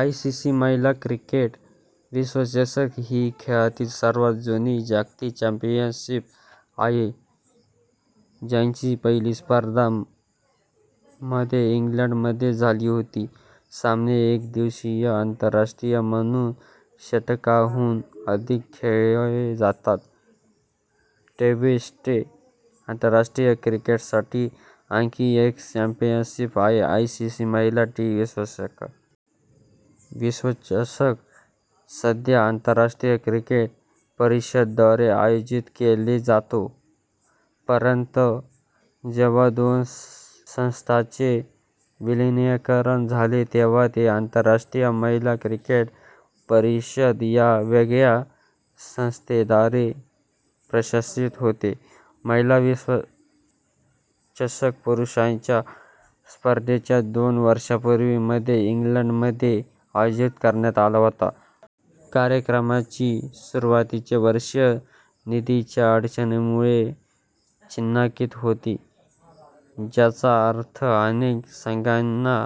ICC महिला cricket विश्वचषक ही खेळातील सर्वात जुनी जागतिक चॅम्पियनशिप आहे, ज्याची पहिली स्पर्धा मध्ये इंग्लंडमध्ये झाली होती. सामने एक दिवसीय आंतरराष्ट्रीय म्हणून षटकांहून अधिक खेळले जातात. ट्वेंटी- आंतरराष्ट्रीय क्रिकेटसाठी आणखी एक चॅम्पियनशिप आहे, आयसीसी महिला टी- विश्वचषक. विश्वचषक सध्या आंतरराष्ट्रीय क्रिकेट परिषद द्वारे आयोजित केला जातो. पर्यंत, जेव्हा दोन संस्थांचे विलीनीकरण झाले, तेव्हा ते आंतरराष्ट्रीय महिला क्रिकेट परिषद या वेगळ्या संस्थेद्वारे प्रशासित होते. पहिला विश्वचषक पुरुषांच्या स्पर्धेच्या दोन वर्षांपूर्वी, मध्ये इंग्लंडमध्ये आयोजित करण्यात आला होता. कार्यक्रमाची सुरुवातीची वर्षे निधीच्या अडचणींमुळे चिन्हांकित होती, ज्याचा अर्थ अनेक संघांना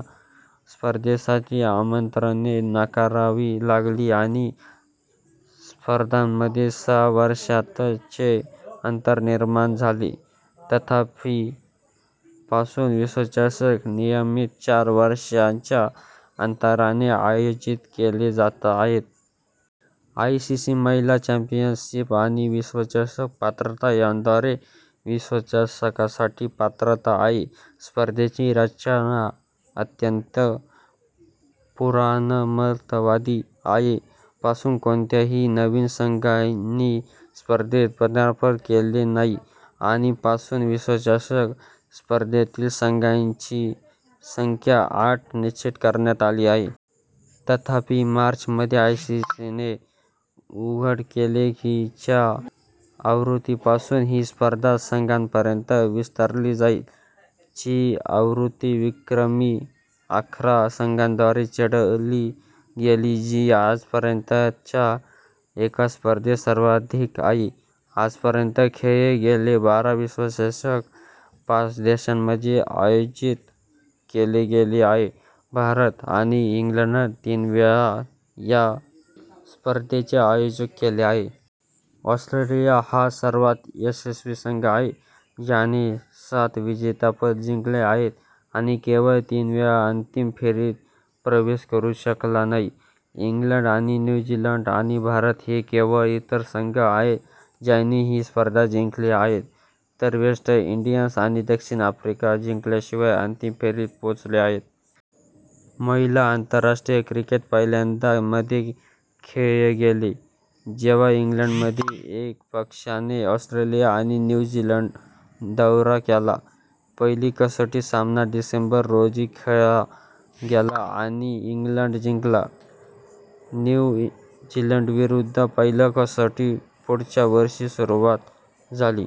स्पर्धेसाठी आमंत्रणे नाकारावी लागली आणि स्पर्धांमध्ये सहा वर्षांपर्यंतचे अंतर निर्माण झाले. तथापि, पासून विश्वचषक नियमित चार वर्षांच्या अंतराने आयोजित केले जात आहेत. आयसीसी महिला चॅम्पियनशिप आणि विश्वचषक पात्रता याद्वारे विश्वचषकासाठी पात्रता आहे. स्पर्धेची रचना अत्यंत पुराणमतवादी आहे – पासून कोणत्याही नवीन संघांनी स्पर्धेत पदार्पण केलेले नाही आणि पासून विश्वचषक स्पर्धेतील संघांची संख्या आठ निश्चित करण्यात आली आहे. तथापि, मार्च मध्ये, आयसीसीने उघड केले की च्या आवृत्तीपासून ही स्पर्धा संघांपर्यंत विस्तारली जाईल. ची आवृत्ती विक्रमी अकरा संघांद्वारे लढली गेली, जी आजपर्यंतच्या एका स्पर्धेत सर्वाधिक आहे. आजपर्यंत खेळले गेलेले बारा विश्वचषक पाच देशांमध्ये आयोजित केले गेले आहेत, भारत आणि इंग्लंडने तीन वेळा या स्पर्धेचे आयोजन केले आहे. ऑस्ट्रेलिया हा सर्वात यशस्वी संघ आहे, ज्याने सात विजेतेपद जिंकले आहेत आणि केवळ तीन वेळा अंतिम फेरीत प्रवेश करू शकला नाही. इंग्लंड आणि न्यू झीलंड आणि भारत हे केवळ इतर संघ आहेत ज्यांनी ही स्पर्धा जिंकली आहे, तर वेस्ट इंडीज आणि दक्षिण आफ्रिका जिंकल्याशिवाय अंतिम फेरीत पोहोचले आहेत. महिला आंतरराष्ट्रीय क्रिकेट पहिल्यांदा मध्ये खेळले गेले, जेव्हा इंग्लंडमधील एका पक्षाने ऑस्ट्रेलिया आणि न्यू झीलंडचा दौरा केला. पहिला कसोटी सामना - डिसेंबर रोजी खेळला गेला आणि इंग्लंडने जिंकला. न्यू झीलंडविरुद्धची पहिली कसोटी पुढच्या वर्षीच्या सुरुवातीला झाली.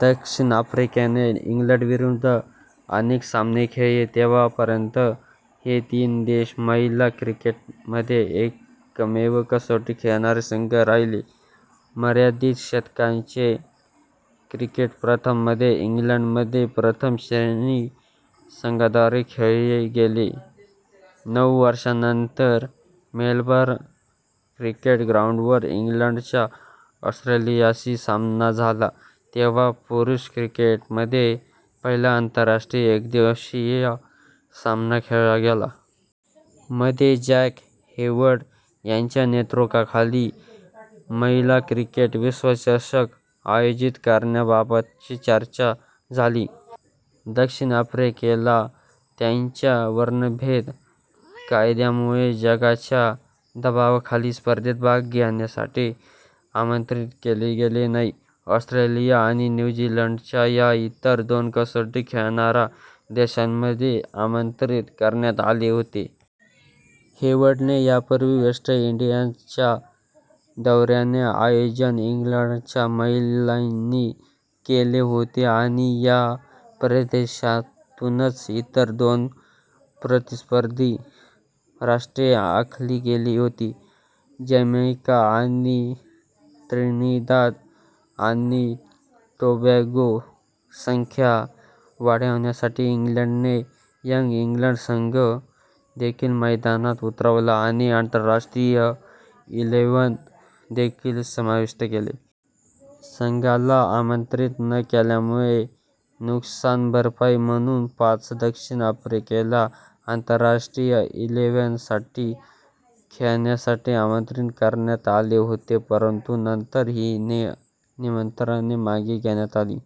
दक्षिण आफ्रिकेने इंग्लंडविरुद्ध अनेक सामने खेळले तेव्हा पर्यंत हे तीन देश महिला क्रिकेटमध्ये एकमेव कसोटी खेळणारे संघ राहिले. मर्यादित षटकांचे क्रिकेट प्रथम मध्ये इंग्लंडमध्ये प्रथम श्रेणी संघांद्वारे खेळले गेले. नऊ वर्षांनंतर, मेलबर्न क्रिकेट ग्राउंडवर इंग्लंडचा ऑस्ट्रेलियाशी सामना झाला तेव्हा पुरुष क्रिकेटमध्ये पहिला आंतरराष्ट्रीय एकदिवसीय सामना खेळला गेला. मध्ये जॅक हेवर्ड यांच्या नेतृत्वाखाली महिला क्रिकेट विश्वचषक आयोजित करण्याबाबत चर्चा सुरू झाली. दक्षिण आफ्रिकेला त्यांच्या वर्णभेद कायद्यामुळे जगाच्या दबावाखाली, स्पर्धेत भाग घेण्यासाठी आमंत्रित केले गेले नाही. ऑस्ट्रेलिया आणि न्यू झीलंड या इतर दोन कसोटी खेळणाऱ्या देशांना आमंत्रित करण्यात आले होते. हेवर्डने यापूर्वी वेस्ट इंडीजच्या दौऱ्यांचे आयोजन इंग्लंडच्या महिलांनी केले होते आणि या प्रदेशातूनच इतर दोन प्रतिस्पर्धी राष्ट्रे आखली गेली होती; जमैका आणि त्रिनिदाद आणि टोबॅगो. संख्या वाढवण्यासाठी, इंग्लंडने " यंग इंग्लंड " संघ देखील मैदानात उतरवला आणि " आंतरराष्ट्रीय इलेव्हन " देखील समाविष्ट केले. संघाला आमंत्रित न केल्यामुळे नुकसान भरपाई म्हणून पाच दक्षिण आफ्रिकेला आंतरराष्ट्रीय इलेव्हनसाठी खेळण्यासाठी आमंत्रित करण्यात आले होते, परंतु नंतर ही निमंत्रणे मागे घेण्यात आली.।